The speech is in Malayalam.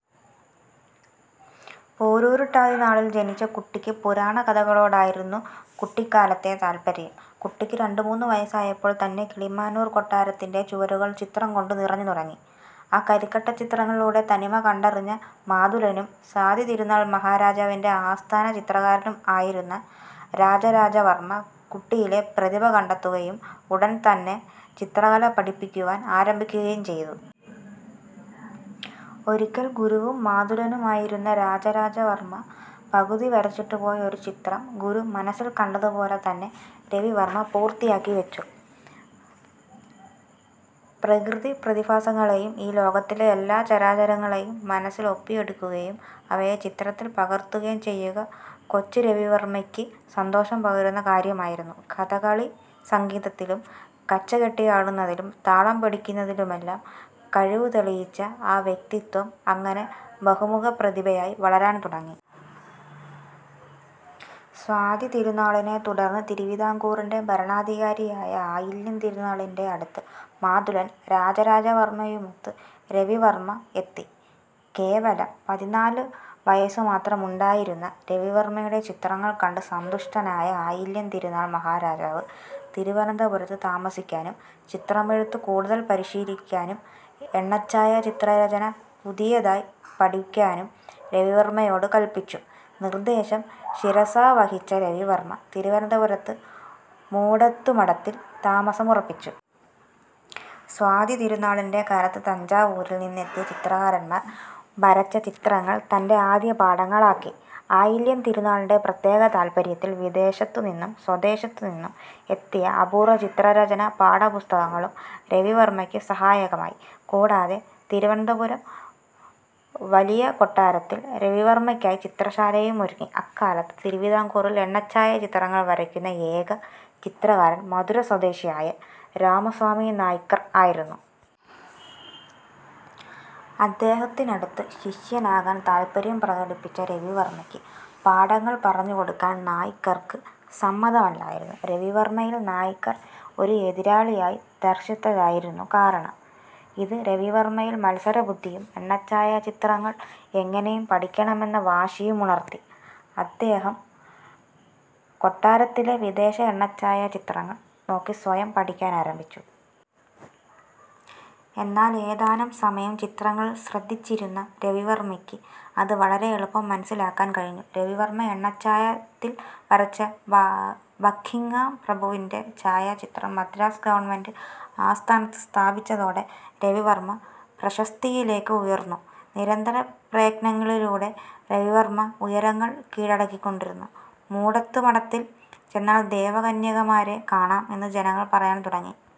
പൂരൂരുട്ടാതി നാളിൽ ജനിച്ച കുട്ടിക്ക് പുരാണകഥകളോടായിരുന്നു കുട്ടിക്കാലത്തേ താൽപര്യം. കുട്ടിക്ക് രണ്ടു മൂന്ന് വയസ്സായപ്പോൾ തന്നെ കിളിമാനൂർ കൊട്ടാരത്തിന്റെ ചുവരുകൾ ചിത്രങ്ങൾ കൊണ്ട് നിറഞ്ഞു തുടങ്ങി. ആ കരിക്കട്ടച്ചിത്രങ്ങളുടെ തനിമ കണ്ടറിഞ്ഞ മാതുലനും സ്വാതിതിരുനാൾ മഹാരാജാവിന്റെ ആസ്ഥാന ചിത്രകാരനും ആയിരുന്ന രാജരാജവർമ്മ കുട്ടിയിലെ പ്രതിഭ കണ്ടെത്തുകയും ഉടൻ തന്നെ ചിത്രകല പഠിപ്പിക്കുവാൻ ആരംഭിക്കുകയും ചെയ്തു. ഒരിക്കൽ ഗുരുവും മാതുലനുമായിരുന്ന രാജരാജവർമ്മ പകുതി വരച്ചിട്ടു പോയ ഒരു ചിത്രം ഗുരു മനസ്സിൽ കണ്ടതുപോലെ തന്നെ രവിവർമ്മ പൂർത്തിയാക്കി വച്ചു. പ്രകൃതി പ്രതിഭാസങ്ങളെയും ഈ ലോകത്തിലെ എല്ലാ ചരാചരങ്ങളെയും മനസ്സിൽ ഒപ്പിയെടുക്കുകയും അവയെ ചിത്രത്തിൽ പകർത്തുകയും ചെയ്യുക കൊച്ചുരവിവർമ്മയ്ക്ക് സന്തോഷം പകരുന്ന കാര്യമായിരുന്നു. കഥകളി സംഗീതത്തിലും കച്ചകെട്ടിയാടുന്നതിലും താളം പിടിക്കുന്നതിലുമെല്ലാം കഴിവു തെളിയിച്ച ആ വ്യക്തിത്വം അങ്ങനെ ബഹുമുഖപ്രതിഭയായി വളരാൻ തുടങ്ങി. സ്വാതിതിരുനാളിനെ തുടർന്ന് തിരുവിതാംകൂറിന്റെ ഭരണാധികാരിയായ ആയില്യം തിരുനാളിന്റെ അടുത്ത് മാതുലൻ രാജരാജവർമ്മയുമൊത്ത് രവിവർമ്മ എത്തി. കേവലം പതിനാല് വയസ്സുമാത്രമുണ്ടായിരുന്ന രവിവർമ്മയുടെ ചിത്രങ്ങൾ കണ്ട് സന്തുഷ്ടനായ ആയില്യം തിരുനാൾ മഹാരാജാവ് തിരുവനന്തപുരത്ത് താമസിക്കാനും, ചിത്രമെഴുത്ത് കൂടുതൽ പരിശീലിക്കാനും, എണ്ണച്ചായ ചിത്രരചന പുതിയതായി പഠിക്കാനും രവിവർമ്മയോടു കൽപ്പിച്ചു. നിർദ്ദേശം ശിരസാവഹിച്ച രവിവർമ്മ തിരുവനന്തപുരത്ത് മൂടത്തുമഠത്തിൽ താമസമുറപ്പിച്ചു. സ്വാതിതിരുന്നാളിന്റെ കാലത്ത് തഞ്ചാവൂരിൽ നിന്നെത്തിയ ചിത്രകാരന്മാർ വരച്ചചിത്രങ്ങൾ തന്റെ ആദ്യപാഠങ്ങളാക്കി. ആയില്യംതിരുനാളിന്റെ പ്രത്യേക താൽപ്പര്യത്തിൽ വിദേശത്തുനിന്നും സ്വദേശത്തുനിന്നും എത്തിയ അപൂർവ്വ ചിത്രരചനാ പാഠപുസ്തകങ്ങളും രവിവർമ്മക്ക് സഹായകമായി. കൂടാതെ തിരുവനന്തപുരം വലിയകൊട്ടാരത്തിൽ രവിവർമ്മക്കായി ചിത്രശാലയും ഒരുങ്ങി. അക്കാലത്ത് തിരുവിതാംകൂറിൽ എണ്ണച്ചായ ചിത്രങ്ങൾ വരക്കുന്ന ഏക ചിത്രകാരൻ മധുര സ്വദേശിയായ രാമസ്വാമി നായ്ക്കർ ആയിരുന്നു. അദ്ദേഹത്തിനടുത്ത് ശിഷ്യനാകാൻ താത്പര്യം പ്രകടിപ്പിച്ച രവിവർമ്മക്ക് പാഠങ്ങൾ പറഞ്ഞു കൊടുക്കാൻ നായ്ക്കർക്ക് സമ്മതമല്ലായിരുന്നു. രവിവർമ്മയിൽ നായ്ക്കർ ഒരു എതിരാളിയെ ദർശിച്ചതായിരുന്നു കാരണം. ഇതു രവിവർമ്മയിൽ മത്സരബുദ്ധിയും എണ്ണച്ചായ ചിത്രങ്ങൾ എങ്ങനെയും പഠിക്കണമെന്ന വാശിയും ഉണർത്തി. അദ്ദേഹം കൊട്ടാരത്തിലെ വിദേശ എണ്ണച്ചായ ചിത്രങ്ങൾ നോക്കി സ്വയം പഠിക്കാൻ ആരംഭിച്ചു. എന്നാൽ ഏതാനം സമയം ചിത്രങ്ങളിൽ ശ്രദ്ധിച്ചിരുന്ന രവിവർമ്മക്ക് അത് വളരെ എളുപ്പം മനസ്സിലാക്കാൻ കഴിഞ്ഞു. രവിവർമ്മ എണ്ണച്ചായത്തിൽ വരച്ച ബക്കിങ്ങ്ഹാം പ്രഭുവിന്റെ ഛായാ ചിത്രം മദ്രാസ് ഗവൺമന്റ് ആസ്ഥാനത്ത് സ്ഥാപിച്ചതോടെ രവിവർമ്മ പ്രശസ്തിയിലേക്ക് ഉയർന്നു. നിരന്തര പ്രയത്നങ്ങളിലൂടെ രവിവർമ്മ ഉയരങ്ങൾ കീഴടക്കികൊണ്ടിരുന്നു. 'മൂടത്തു മഠത്തിൽ ചെന്നാൽ ദേവകന്യകമാരെ കാണാം' എന്ന് ജനങ്ങൾ പറയാൻ തുടങ്ങി.